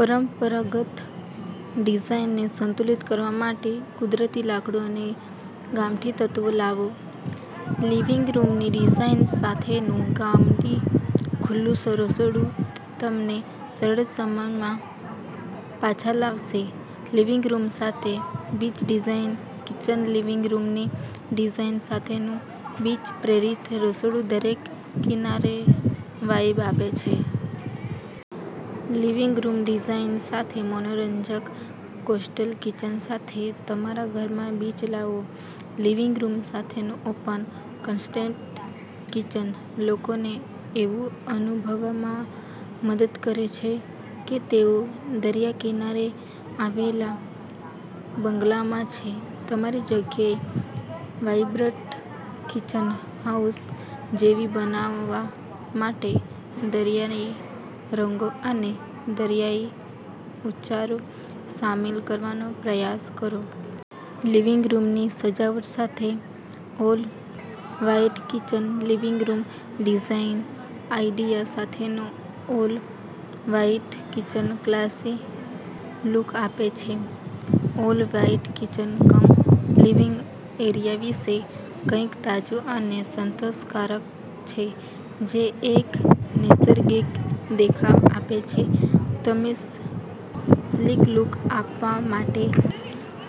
પરંપરાગત ડિઝાઇનને સંતુલિત કરવા માટે કુદરતી લાકડું અને ગામઠી તત્વો લાવો. લિવિંગ રૂમની ડિઝાઇન સાથેનું ગામઠી ખુલ્લું રસોડું તમને સરળ સમયમાં પાછા લાવશે. લિવિંગ રૂમ સાથે બીચ ડિઝાઇન, કિચન લિવિંગ રૂમની ડિઝાઇન સાથેનું બીચ પ્રેરિત રસોડું દરિયા કિનારે વાઇબ આપે છે. લિવિંગ રૂમ ડિઝાઇન સાથે મનોરંજક કોસ્ટલ કિચન સાથે તમારા ઘરમાં બીચ લાવો. લિવિંગ રૂમ સાથેનું ઓપન-કન્સેપ્ટ કિચન લોકોને એવું અનુભવવામાં મદદ કરે છે કે તેઓ દરિયા કિનારે આવેલા બંગલામાં છે. તમારી જગ્યાને વાઇબ્રન્ટ બીચ હાઉસ જેવી બનાવવા માટે દરિયાઇ રંગો અને દરિયાઇ ઉચ્ચારો સામેલ કરવાનો પ્રયાસ કરો. લિવિંગ રૂમની સજાવટ સાથે all white kitchen living room design idea સાથેનું ઓલ-વ્હાઇટ કિચન ક્લાસી લુક આપે છે. ઓલ-વ્હાઈટ કિચન-કમ-લિવિંગ એરિયા વિશે કંઈક તાજું અને સંતોષકારક છે જે એક નૈસર્ગિક દેખાવ આપે છે. તમે સ્લીક લુક આપવા માટે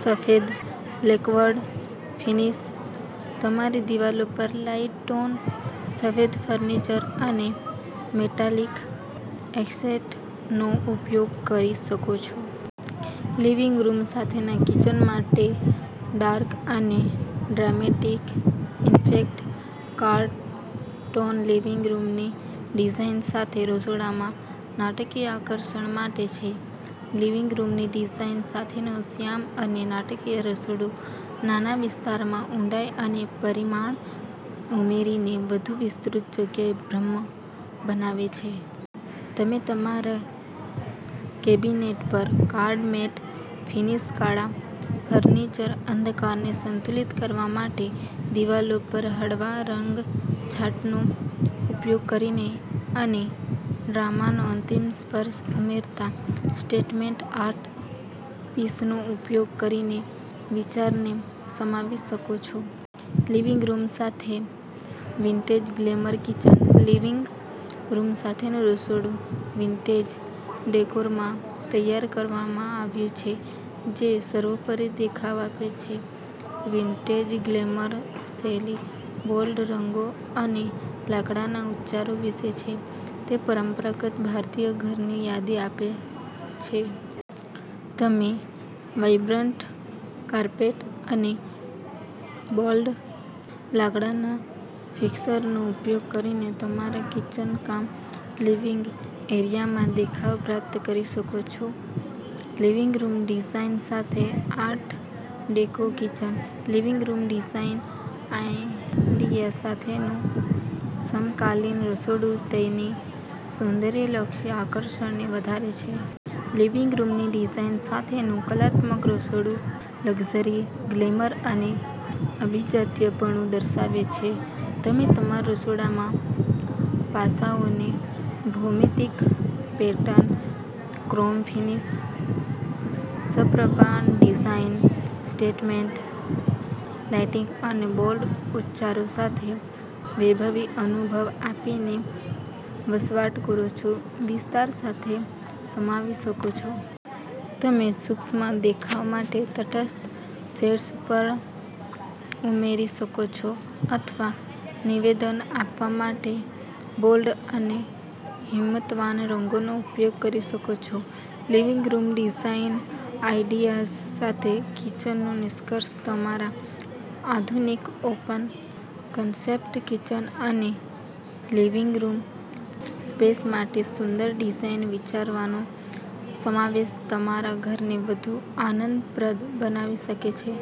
સફેદ લેકક્વર્ડ ફિનીશ, તમારી દિવાલો પર લાઇટ ટોન, સફેદ ફર્નિચર અને મેટાલિક એક્સેંટનો ઉપયોગ કરી શકો છો. લિવિંગ રૂમ સાથેના કિચન માટે ડાર્ક અને dramatic effect dark tone living રૂમની ડિઝાઇન સાથે રસોડામાં નાટકીય આકર્ષણ આપે છે. લિવિંગ રૂમની ડિઝાઇન સાથેનું શ્યામ અને નાટકીય રસોડું નાના વિસ્તારમાં ઊંડાઈ અને પરિમાણ ઉમેરીને વધુ વિસ્તૃત જગ્યાનો ભ્રમ બનાવે છે. તમે તમારા કેબિનેટ પર ડાર્ક મેટ ફિનિશ, કાળા ફર્નિચર, અંધકારને સંતુલિત કરવા માટે દિવાલો પર હળવા રંગછટાનો ઉપયોગ કરીને અને ડ્રામાનો અંતિમ સ્પર્શ ઉમેરતા સ્ટેટમેન્ટ આર્ટ પીસનો ઉપયોગ કરીને વિચારને સમાવી શકો છો. લિવિંગ રૂમ સાથે vintage glamour kitchen, living room સાથેનું રસોડું વિન્ટેજ ડેકોરમાં તૈયાર કરવામાં આવ્યું છે જે સર્વોપરી દેખાવ આપે છે. વિન્ટેજ ગ્લેમર શૈલી બોલ્ડ રંગો અને લાકડાના ઉચ્ચારો વિશે છે. તે પરંપરાગત ભારતીય ઘરની યાદ અપાવે છે. તમે વાઇબ્રન્ટ કાર્પેટ અને બોલ્ડ લાકડાના ફિક્સરનો ઉપયોગ કરીને તમારા કિચન-કમ-લિવિંગ એરિયામાં દેખાવ પ્રાપ્ત કરી શકો છો. લિવિંગ રૂમ ડિઝાઇન સાથે art deco kitchen, living room design idea સાથેનું સમકાલીન રસોડું તેની સૌંદર્યલક્ષી આકર્ષણને વધારે છે. લિવિંગ રૂમની ડિઝાઇન સાથેનું કલાત્મક રસોડું લક્ઝરી, ગ્લેમર અને અભિજાત્યપણુ દર્શાવે છે. તમે તમારા રસોડામાં પાસાઓને ભૌમિતિક પેટર્ન, ક્રોમ ફિનિશ, સપ્રમાણ ડિઝાઇન, સ્ટેટમેન્ટ લાઇટિંગ અને બોલ્ડ ઉચ્ચારો સાથે વૈભવી અનુભવ આપીને વસવાટ કરો છો વિસ્તાર સાથે સમાવી શકો છો. તમે સૂક્ષ્મ દેખાવ માટે તટસ્થ શેડ્સ પણ ઉમેરી શકો છો અથવા નિવેદન આપવા માટે બોલ્ડ અને હિંમતવાન રંગોનો ઉપયોગ કરી શકો છો. લિવિંગ રૂમ ડિઝાઇન આઇડિયાઝ સાથે કિચનનું નિષ્કર્ષ તમારા આધુનિક ઓપન-કન્સેપ્ટ કિચન અને લિવિંગ રૂમ સ્પેસ માટે સુંદર ડિઝાઇન વિચારોનો સમાવેશ તમારા ઘરને વધુ આનંદપ્રદ બનાવી શકે છે.